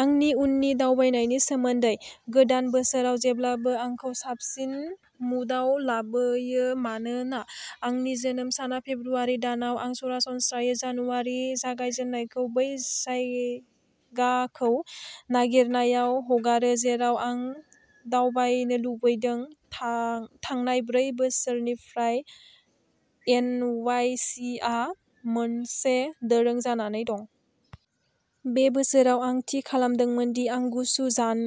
आंनि उननि दावबायनायनि सोमोन्दै। गोदान बोसोरआ जेब्लाबो आंखौ साबसिन मुडआव लाबोयो मानोना आंनि जोनोम साना फेब्रुआरि दानाव। आं सरासनस्रायै जानुवारिनि जागायजेन्नायखौ बै जायगाखौ नागिरनायाव हगारो जेराव आं दावबायनो लुबैदों। था थांनाय ब्रै बोसोरनिफ्राय एन वाइ सि आ मोनसे दोरों जानानै दं। बे बोसोराव आं थि खालामदोंमोन दि आं गुसु जान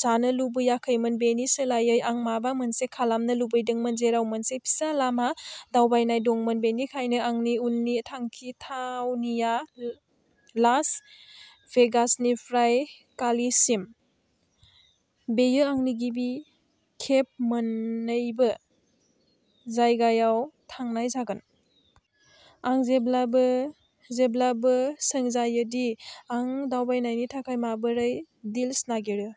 जानो लुबैयाखैमोन। बेनि सोलायै आं माबा मोनसे खालामनो लुबैदोंमोन जेराव मोनसे फिसा लामा दावबायनाय दंमोन। बेनिखायनो आंनि उननि थांखि थावनिया लास भेगासनिफ्राय कालीसिम, बेयो आंनि गिबि खेब मोन्नैबो जायगायाव थांनाय जागोन। आं जेब्लाबो जेब्लाबो सोंजायो दि आं दावबायनायनि थाखाय माबोरै डील्स नागिरो।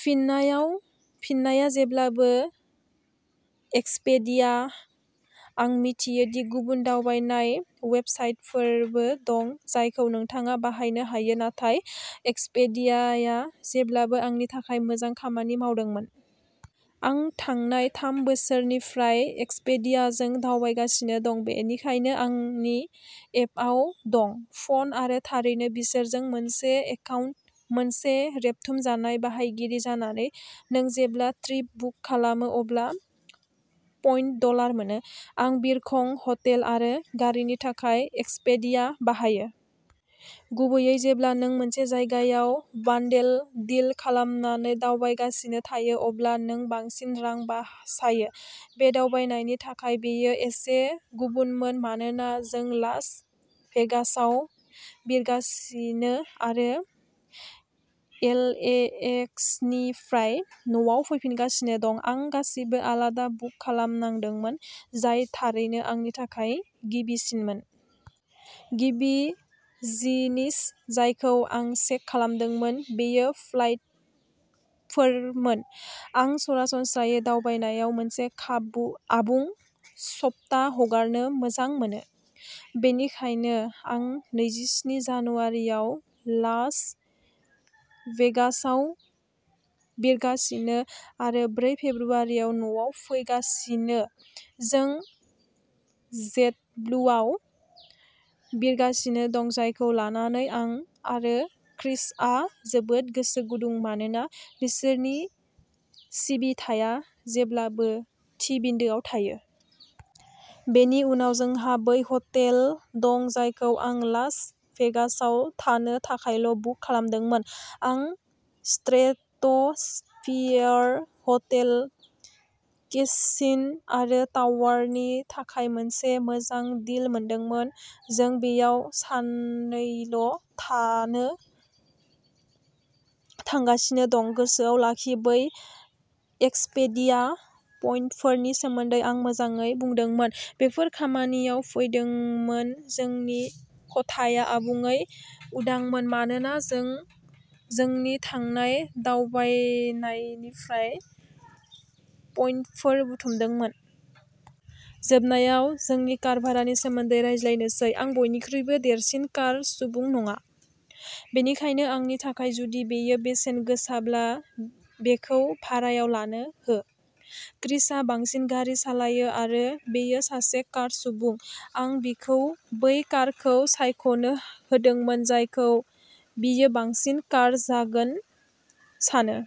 फिन्नायाव फिननाया जेब्लाबो, एक्सपेडिया आं मिथियो दि गुबुन दावबायनाय वेबसाइटफोरबो दं जायखौ नोंथाङा बाहायनो हायो, नाथाय एक्सपेडियाया जेब्लाबो आंनि थाखाय मोजां खामानि मावदोंमोन। आं थांनाय थाम बोसोरनिफ्राय एक्सपेडियाजों दावबायगासिनो दं। बेनिखायनो आंनि एपआव दं। फ'न आरो थारैनो बिसोरजों मोनसे एकाउन्ट। सासे रेबथुमजानाय बाहायगिरि जानानै नों जेब्ला ट्रिप बुक खालामो अब्ला पइन्ट डलार मोनो। आं बिरखं, हटेल आरो गारिनि थाखाय एक्सपेडिया बाहायो। गुबैयै, जेब्ला नों मोनसे जायगायाव बान्डेल डिल खालामनानै दावबायगासिनो थायो, अब्ला नों बांसिन रां बासायो। बे दावबायनायनि थाखाय बेयो एसे गुबुनमोन मानोना जों लास भेगासआव बिरगासिनो आरो एलएएक्सनिफ्राय न'आव फैगासिनो दं। आं गासैबो आलादा बुक खालामनांदोंमोन, जाय थारैनो आंनि थाखाय गिबिसिनमोन। गिबि जिनिस जायखौ आं चेक खालामदोंमोन बेयो फ्लाइटफोरमोन। आं सरासनस्रायै दावबायनायाव मोनसे खाबु आबुं सप्ता हगारनो मोजां मोनो। बेनिखायनो आं नैजिस्नि जानुवारिआव लास भेगासआव बिरगासिनो आरो ब्रै फेब्रुआरिआव न'आव फैगासिनो। जों जेटब्लुआव बिरगासिनो दं, जायखौ लानानै आं आरो क्रिसआ जोबोद गोसो गुदुं मानोना बिसोरनि सिबिथाया जेब्लाबो थि बिन्दोआव थायो। बेनि उनाव, जोंहा बै हटेल दं जायखौ आं लास भेगासआव थानो थाखायल'बुक खालामदोंमोन। आं स्ट्रेट'स्फेयर हटेल, केसिन' आरो टावारनि थाखाय मोनसे मोजां डील मोनदोंमोन, जों बेयाव साननैल' थानो थांगासिनो दं। गोसोआव लाखि बै एक्सपेडिया पइन्टफोरनि सोमोन्दै आं मोजाङै बुंदोंमोन, बेफोर खामानियाव फैदोंमोन जोंनि खथाया आबुङै उदांमोन, मानोना जों जोंनि थांनाय दावबायनायनिफ्राय पइन्टफोर बुथुमदोंमोन। जोबनायाव, जोंनि कार भारानि सोमोन्दै रायज्लायनोसै। आं बयनिख्रुइबो देरसिन कार सुबुं नङा, बेनिखायनो आंनि थाखाय जुदि बेयो बेसेन गोसाब्ला बेखौ भारायाव लानो हो। क्रिसआ बांसिन गारि सालायो आरो बियो सासे कार सुबुं। आं बिखौ बै कारखौ सायख'नो होदोंमोन जायखौ बियो बांसिन कार जागोन सानो।